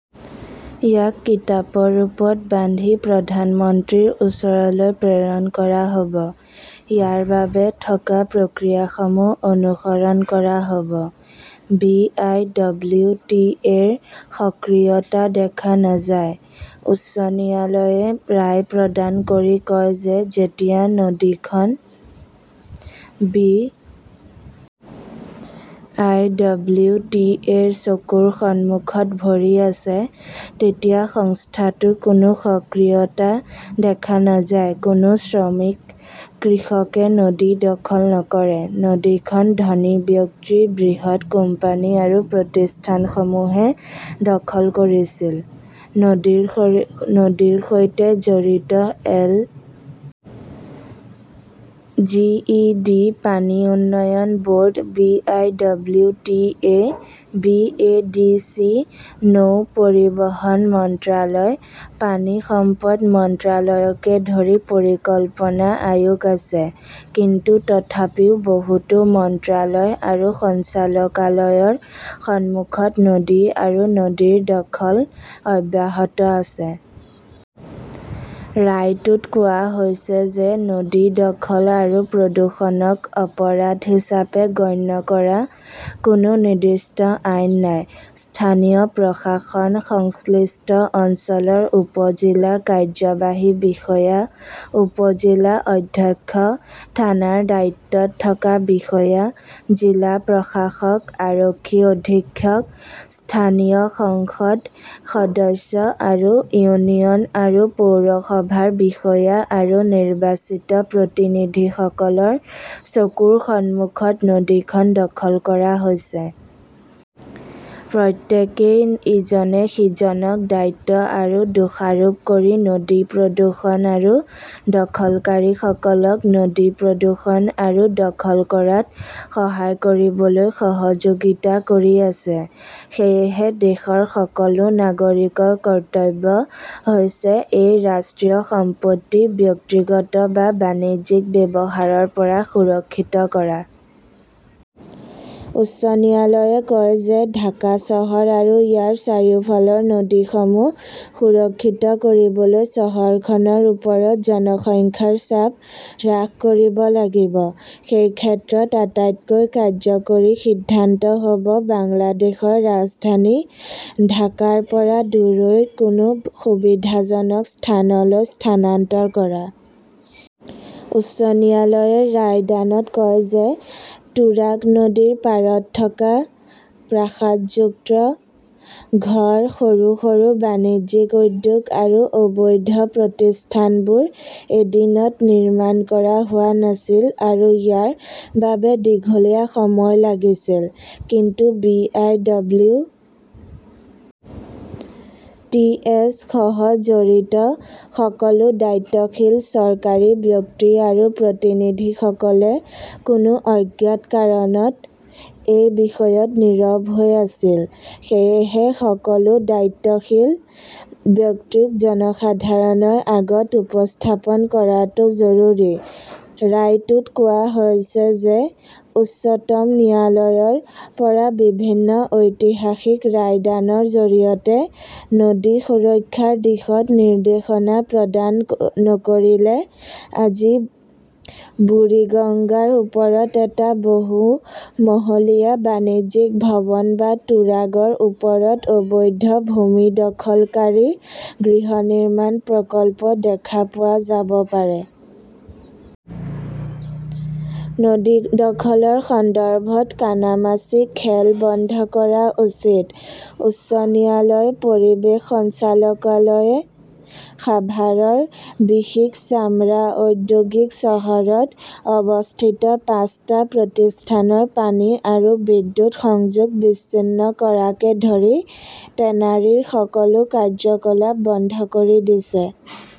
ইয়াক কিতাপৰ ৰূপত বান্ধি প্ৰধানমন্ত্ৰীৰ ওচৰলৈ প্ৰেৰণ কৰা হ'ব। ইয়াৰ বাবে থকা প্ৰক্ৰিয়াসমূহ অনুসৰণ কৰা হ'ব। বি. আই. ডব্লিউ. টি. এ.ৰ সক্ৰিয়তা দেখা নাযায়, উচ্চ ন্যায়ালয়ে ৰায় প্ৰদান কৰি কয় যে, যেতিয়া নদীখন বি. আই. ডব্লিউ. টি. এ.ৰ চকুৰ সন্মুখত ভৰি আছে তেতিয়া সংস্থাটোৰ কোনো সক্ৰিয়তা দেখা নাযায়। কোনো শ্ৰমিক, কৃষকে নদী দখল নকৰে। নদীখন ধনী ব্যক্তি, বৃহৎ কোম্পানী আৰু প্ৰতিষ্ঠানসমূহে দখল কৰিছিল। নদীৰ সৈতে জড়িত এল. জি. ই. ডি., পানী উন্নয়ন board, B. I. W. T. A., B. A. D. C., নৌ পৰিবহণ মন্ত্ৰালয়, পানী সম্পদ মন্ত্ৰালয়কে ধৰি পৰিকল্পনা আয়োগ আছে। কিন্তু তথাপিও বহুতো মন্ত্ৰালয় আৰু সঞ্চালকালয়ৰ সন্মুখত নদী আৰু নদীৰ দখল অব্যাহত আছে। ৰায়টোত কোৱা হৈছে যে, নদী দখল আৰু প্ৰদূষণক অপৰাধ হিচাপে গণ্য কৰা কোনো নিৰ্দিষ্ট আইন নাই। স্থানীয় প্ৰশাসন, সংশ্লিষ্ট অঞ্চলৰ উপ-জিলা কাৰ্যবাহী বিষয়া, উপ-জিলা অধ্যক্ষ, থানাৰ দায়িত্বত থকা বিষয়া, জিলা প্ৰশাসক, আৰক্ষী অধীক্ষক, স্থানীয় সংসদ সদস্য আৰু ইউনিয়ন আৰু পৌৰসভাৰ বিষয়া আৰু নিৰ্বাচিত প্ৰতিনিধিসকলৰ চকুৰ সন্মুখত নদীখন দখল কৰা হৈছে। প্ৰত্যেকেই ইজনে সিজনক দায়িত্ব আৰু দোষাৰোপ কৰি নদী প্ৰদূষণ আৰু দখলকাৰীসকলক নদী প্ৰদূষণ আৰু দখল কৰাত সহায় কৰিবলৈ সহযোগিতা কৰি আছে। সেয়েহে, দেশৰ সকলো নাগৰিকৰ কৰ্তব্য হৈছে এই ৰাষ্ট্ৰীয় সম্পত্তি ব্যক্তিগত বা বাণিজ্যিক ব্যৱহাৰৰ পৰা সুৰক্ষিত কৰা। উচ্চ ন্যায়ালয়ে কয় যে, ঢাকা চহৰ আৰু ইয়াৰ চাৰিওফালৰ নদীসমূহ সুৰক্ষিত কৰিবলৈ চহৰখনৰ ওপৰত জনসংখ্যাৰ চাপ হ্ৰাস কৰিব লাগিব। সেই ক্ষেত্ৰত আটাইতকৈ কাৰ্যকৰী সিদ্ধান্ত হ'ব বাংলাদেশৰ ৰাজধানী ঢাকাৰ পৰা দূৰৈৰ কোনো সুবিধাজনক স্থানলৈ স্থানান্তৰ কৰা। উচ্চ ন্যায়ালয়ে ৰায়দানত কয় যে, তুৰাগ নদীৰ পাৰত থকা প্ৰাসাদযুক্ত ঘৰ, সৰু সৰু বাণিজ্যিক উদ্যোগ আৰু অবৈধ প্ৰতিষ্ঠানবোৰ এদিনত নিৰ্মাণ কৰা হোৱা নাছিল আৰু ইয়াৰ বাবে দীঘলীয়া সময় লাগিছিল। কিন্তু B. I. W. T. S. সহ জড়িত সকলো দায়িত্বশীল চৰকাৰী ব্যক্তি আৰু প্ৰতিনিধিসকলে কোনো অজ্ঞাত কাৰণত এই বিষয়ত নীৰৱ হৈ আছিল। সেয়েহে সকলো দায়িত্বশীল ব্যক্তিক জনসাধাৰণৰ আগত উপস্থাপন কৰাটো জৰুৰী। ৰায়টোত কোৱা হৈছে যে, উচ্চতম ন্যায়ালয়ৰ পৰা বিভিন্ন ঐতিহাসিক ৰায়দানৰ জৰিয়তে নদী সুৰক্ষাৰ দিশত নিৰ্দেশনা প্ৰদান নকৰিলে আজি বুৰিগঙ্গাৰ ওপৰত এটা বহুমহলীয়া বাণিজ্যিক ভৱন বা তুৰাগৰ ওপৰত অবৈধ ভূমি দখলকাৰীৰ গৃহ নিৰ্মাণ প্ৰকল্প দেখা পোৱা যাব পাৰে। নদী দখলৰ সন্দৰ্ভত কানামাচি খেল বন্ধ কৰা উচিতঃ উচ্চ ন্যায়ালয় পৰিৱেশ সঞ্চালকালয়ই সাভাৰৰ বিসিক চামৰা ঔদ্যোগিক চহৰত অৱস্থিত পাঁচটা প্ৰতিষ্ঠানৰ পানী আৰু বিদ্যুৎ সংযোগ বিচ্ছিন্ন কৰাকে ধৰি টেনাৰীৰ সকলো কাৰ্যকলাপ বন্ধ কৰি দিছে।